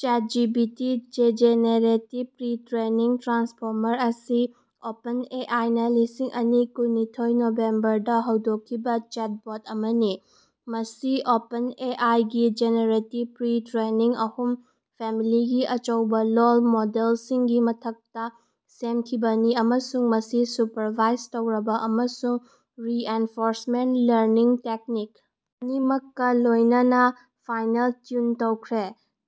ChatGPT generative pre-training transformer ꯑꯁꯤ ꯑꯣꯄꯦꯟꯑꯦꯑꯥꯏꯅꯥ ꯂꯤꯁꯤꯡ ꯑꯅꯤ ꯀꯨꯟꯅꯤꯊꯣꯏ ꯅꯕꯦꯝꯕꯔꯗꯥ ꯍꯧꯗꯣꯛꯈꯤꯕꯥ ꯆꯥꯠꯕꯣꯠ ꯑꯃꯅꯤ꯫ ꯃꯁꯤ ꯑꯣꯄꯦꯟꯑꯦꯑꯥꯏꯒꯤ ꯖꯦꯅꯦꯔꯦꯇꯤꯕ ꯄ꯭ꯔꯤ ꯇ꯭ꯔꯦꯅꯤꯡ ꯑꯍꯨꯝ ꯐꯦꯃꯤꯂꯤꯒꯤ ꯑꯆꯧꯕꯥ ꯂꯣꯜ ꯃꯣꯗꯦꯜꯁꯤꯡꯒꯤ ꯃꯊꯛꯇꯥ ꯁꯦꯝꯈꯤꯕꯅꯤ ꯑꯃꯁꯨꯡ ꯃꯁꯤ ꯁꯨꯄꯔꯚꯥꯏꯖ ꯇꯧꯔꯕꯥ ꯑꯃꯁꯨꯡ ꯔꯤꯏꯟꯐꯣꯔꯁꯃꯦꯟꯠ ꯂꯔꯅꯤꯡ ꯇꯦꯛꯅꯤꯛ ꯑꯅꯤꯃꯛꯀꯥ ꯂꯣꯏꯅꯅꯥ ꯐꯥꯏꯅꯦꯜ ꯇ꯭ꯌꯨꯟ ꯇꯧꯈ꯭ꯔꯦ꯫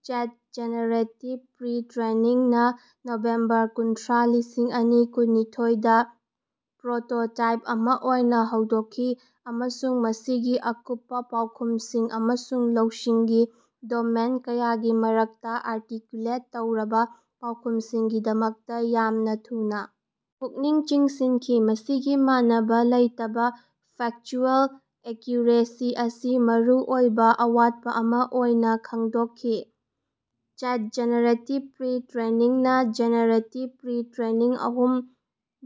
ꯆꯦꯠ ꯖꯦꯅꯦꯔꯦꯇꯤꯕ ꯄ꯭ꯔꯤ ꯇ꯭ꯔꯦꯅꯤꯡ ꯅꯥ ꯅꯕꯦꯝꯕꯔ ꯀꯨꯟꯊ꯭ꯔꯥ ꯂꯤꯁꯤꯡ ꯑꯅꯤ ꯀꯨꯟꯅꯤꯊꯣꯏꯗ ꯄ꯭ꯔꯣꯇꯣꯇꯥꯏꯄ ꯑꯃꯥ ꯑꯣꯏꯅꯥ ꯍꯧꯗꯣꯛꯈꯤ ꯑꯃꯁꯨꯡ ꯃꯁꯤꯒꯤ ꯑꯀꯨꯞꯄꯥ ꯄꯥꯎꯈꯨꯝꯁꯤꯡ ꯑꯃꯁꯨꯡ ꯂꯧꯁꯤꯡꯒꯤ ꯗꯣꯃꯦꯟ ꯀꯌꯥꯒꯤ ꯃꯔꯛꯇꯥ ꯑꯥꯔꯇꯤꯀꯨꯂꯦꯠ ꯇꯧꯔꯕꯥ ꯄꯥꯎꯈꯨꯝꯁꯤꯡꯒꯤꯗꯃꯛ ꯌꯥꯝꯅꯥ ꯊꯨꯅꯥ ꯄꯨꯛꯅꯤꯡ ꯆꯤꯡꯁꯤꯟꯈꯤ꯫ ꯃꯁꯤꯒꯤ ꯃꯥꯟꯅꯕꯥ ꯂꯩꯇꯕꯥ ꯐꯦꯛꯆꯨꯑꯦꯜ ꯑꯦꯀ꯭ꯌꯨꯔꯦꯁꯤ ꯑꯁꯤ ꯃꯔꯨꯑꯣꯏꯕ ꯑꯋꯥꯠꯄ ꯑꯃꯥ ꯑꯣꯏꯅꯥ ꯈꯪꯗꯣꯛꯈꯤ꯫ ꯆꯦꯠ ꯖꯦꯅꯦꯔꯦꯇꯤꯕ ꯄ꯭ꯔꯤ ꯇ꯭ꯔꯦꯅꯤꯡꯅ ꯖꯦꯅꯦꯔꯦꯇꯤꯕ ꯄ꯭ꯔꯤ ꯇ꯭ꯔꯦꯅꯤꯡ ꯑꯍꯨꯝ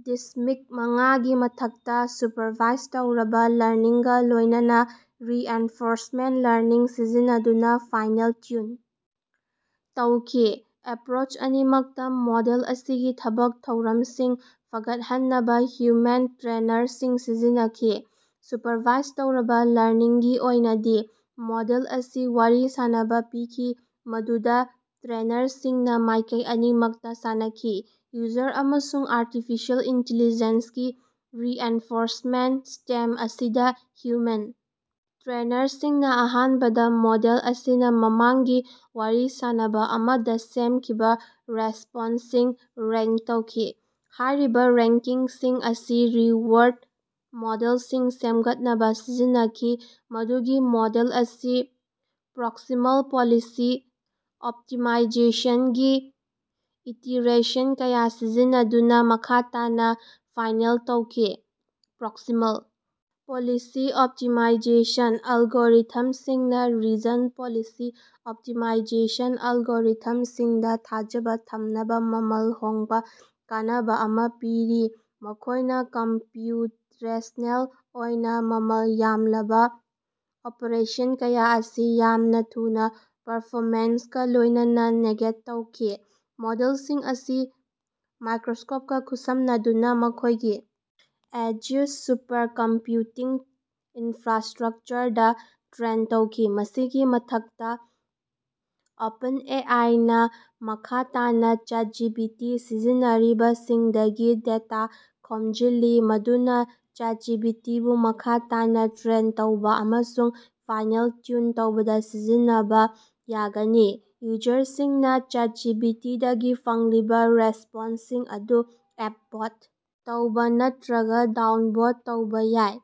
ꯗꯁꯃꯤꯛ ꯃꯉꯥꯒꯤ ꯃꯊꯛꯇꯥ ꯁꯨꯄꯔꯚꯥꯏꯖ ꯇꯧꯔꯕꯥ ꯂꯔꯅꯤꯡꯒꯥ ꯂꯣꯏꯅꯅꯥ ꯔꯤꯏꯟꯐꯣꯔꯁꯃꯦꯟꯠ ꯂꯔꯅꯤꯡ ꯁꯤꯖꯤꯟꯅꯗꯨꯅꯥ ꯐꯥꯏꯅꯦꯜ ꯇ꯭ꯌꯨꯟ ꯇꯧꯈꯤ꯫ ꯑꯦꯄ꯭ꯔꯣꯆ ꯑꯅꯤꯃꯛꯇꯥ ꯃꯣꯗꯦꯜ ꯑꯁꯤꯒꯤ ꯊꯕꯛ ꯊꯧꯔꯝꯁꯤꯡ ꯐꯒꯠꯍꯟꯅꯕꯥ ꯍ꯭ꯌꯨꯃꯦꯟ ꯇ꯭ꯔꯦꯅꯔꯁꯤꯡ ꯁꯤꯖꯤꯟꯅꯈꯤ꯫ ꯁꯨꯄꯔꯚꯥꯏꯖ ꯇꯧꯔꯕꯥ ꯂꯔꯅꯤꯡꯒꯤ ꯑꯣꯏꯅꯗꯤ ꯃꯣꯗꯦꯜ ꯑꯁꯤ ꯋꯥꯔꯤ ꯁꯥꯅꯕꯥ ꯄꯤꯈꯤ ꯃꯗꯨꯗꯥ ꯇ꯭ꯔꯦꯅꯔꯁꯤꯡꯅꯥ ꯃꯥꯏꯀꯩ ꯑꯅꯤꯃꯛꯇꯥ ꯁꯥꯟꯅꯈꯤ ꯌꯨꯖꯔ ꯑꯃꯁꯨꯡ ꯑꯥꯔꯇꯤꯐꯤꯁꯤꯑꯦꯜ ꯏꯟꯇꯤꯂꯤꯖꯦꯟꯁꯀꯤ ꯔꯤꯏꯟꯐꯣꯔꯁꯃꯦꯟꯠ ꯁ꯭ꯇꯦꯞ ꯑꯁꯤꯗꯥ ꯍ꯭ꯌꯨꯃꯦꯟ ꯇ꯭ꯔꯦꯅꯔꯁꯤꯡꯅꯥ ꯑꯍꯥꯟꯕꯗꯥ ꯃꯣꯗꯦꯜ ꯑꯁꯤꯅꯥ ꯃꯃꯥꯡꯒꯤ ꯋꯥꯔꯤ ꯁꯥꯅꯕꯥ ꯑꯃꯗꯥ ꯁꯦꯝꯈꯤꯕꯥ ꯔꯦꯁ꯭ꯄꯣꯟꯁꯁꯤꯡ ꯔꯦꯡꯛ ꯇꯧꯈꯤ꯫ ꯍꯥꯏꯔꯤꯕꯥ ꯔꯦꯡꯀꯤꯡꯁꯤꯡ ꯑꯁꯤ ꯔꯤꯋꯥꯔꯗ ꯃꯣꯗꯦꯜꯁꯤꯡ ꯁꯦꯝꯒꯠꯅꯕꯥ ꯁꯤꯖꯤꯟꯅꯈꯤ ꯃꯗꯨꯗꯤ ꯃꯣꯗꯦꯜ ꯑꯁꯤ ꯄ꯭ꯔꯣꯛꯁꯤꯃꯥꯜ ꯄꯣꯂꯤꯁꯤ ꯑꯣꯞꯇꯤꯃꯥꯏꯖꯦꯁꯟꯒꯤ ꯏꯇꯤꯔꯦꯁꯟ ꯀꯌꯥ ꯁꯤꯖꯤꯟꯅꯗꯨꯅꯥ ꯃꯈꯥ ꯇꯥꯅꯥ ꯐꯥꯏꯅꯦꯜ ꯇꯧꯈꯤ꯫ ꯄ꯭ꯔꯣꯛꯁꯤꯃꯥꯜ ꯄꯣꯂꯤꯁꯤ ꯑꯣꯞꯇꯤꯃꯥꯏꯖꯦꯁꯟ ꯑꯦꯜꯒꯣꯔꯤꯊꯝꯁꯤꯡꯅꯥ ꯔꯤꯖꯟ ꯄꯣꯂꯤꯁꯤ ꯑꯣꯞꯇꯤꯃꯥꯏꯖꯦꯁꯟ ꯑꯦꯜꯒꯣꯔꯤꯊꯝꯁꯤꯡꯗꯥ ꯊꯥꯖꯕꯥ ꯊꯝꯅꯕꯥ ꯃꯃꯜ ꯍꯣꯡꯕꯥ ꯀꯥꯟꯅꯕꯥ ꯑꯃꯥ ꯄꯤꯔꯤ ꯃꯈꯣꯏꯅꯥ ꯀꯝꯄ꯭ꯌꯨꯇꯦꯁꯅꯦꯜ ꯑꯣꯏꯅꯥ ꯃꯃꯜ ꯌꯥꯝꯂꯕꯥ ꯑꯣꯄꯔꯦꯁꯟ ꯀꯌꯥ ꯑꯁꯤ ꯌꯥꯝꯅꯥ ꯊꯨꯅꯥ ꯄꯔꯐꯣꯃꯦꯟꯁꯀꯥ ꯂꯣꯏꯅꯅꯥ ꯅꯦꯒꯦꯠ ꯇꯧꯏ꯫ ꯃꯣꯗꯦꯜꯁꯤꯡ ꯑꯁꯤ ꯃꯥꯏꯀ꯭ꯔꯣꯁꯣꯐꯀꯥ ꯈꯨꯠꯁꯝꯅꯗꯨꯅꯥ ꯃꯈꯣꯏꯒꯤ ꯑꯦꯖꯨꯔ ꯁꯨꯄꯔꯀꯝꯄ꯭ꯌꯨꯇꯤꯡ ꯏꯟꯐ꯭ꯔꯥꯟꯁꯇ꯭ꯔꯛꯆꯔꯗꯥ ꯇ꯭ꯔꯦꯟ ꯇꯧꯈꯤ꯫ ꯃꯁꯤꯒꯤ ꯃꯊꯛꯇꯥ ꯑꯣꯄꯦꯟꯑꯦ ꯑꯥꯏꯅꯥ ꯃꯈꯥ ꯇꯥꯅꯥ ꯆꯦꯠꯖꯤꯄꯤꯇꯤ ꯁꯤꯖꯤꯟꯅꯔꯤꯕꯁꯤꯡꯗꯒꯤ ꯗꯦꯇꯥ ꯈꯣꯝꯖꯤꯜꯂꯤ ꯃꯗꯨꯅꯥ ꯆꯦꯠꯖꯤꯄꯤꯇꯤꯕꯨ ꯃꯈꯥ ꯇꯥꯅꯥ ꯇ꯭ꯔꯦꯟ ꯇꯧꯕꯥ ꯑꯃꯁꯨꯡ ꯐꯥꯏꯅꯦꯜ ꯇ꯭ꯌꯨꯟ ꯇꯧꯕꯗꯥ ꯁꯤꯖꯤꯟꯅꯕꯥ ꯌꯥꯒꯅꯤ꯫ ꯌꯨꯖꯔꯁꯤꯡꯅꯥ ꯆꯦꯠꯖꯤꯄꯤꯇꯤꯗꯒꯤ ꯐꯪꯂꯤꯕꯥ ꯔꯦꯁꯄꯣꯟꯁꯁꯤꯡ ꯑꯗꯨ ꯑꯞꯚꯣꯠ ꯇꯧꯕꯥ ꯅꯠꯇ꯭ꯔꯒꯥ ꯗꯥꯎꯟꯚꯣꯠ ꯇꯧꯕꯥ ꯌꯥꯏ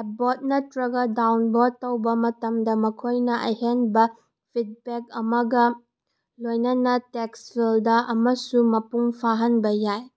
ꯑꯞꯚꯣꯠ ꯅꯠꯇ꯭ꯔꯒꯥ ꯗꯥꯎꯟꯚꯣꯠ ꯇꯧꯕꯥ ꯃꯇꯝꯗꯥ ꯃꯈꯣꯏꯅꯥ ꯑꯍꯦꯟꯕꯥ ꯐꯤꯗꯕꯦꯛ ꯑꯃꯒꯥ ꯂꯣꯏꯅꯅꯥ ꯇꯦꯛꯁ ꯐꯤꯜꯗ ꯑꯃꯁꯨ ꯃꯄꯨꯡ ꯐꯥꯍꯟꯕꯥ ꯌꯥꯏ꯫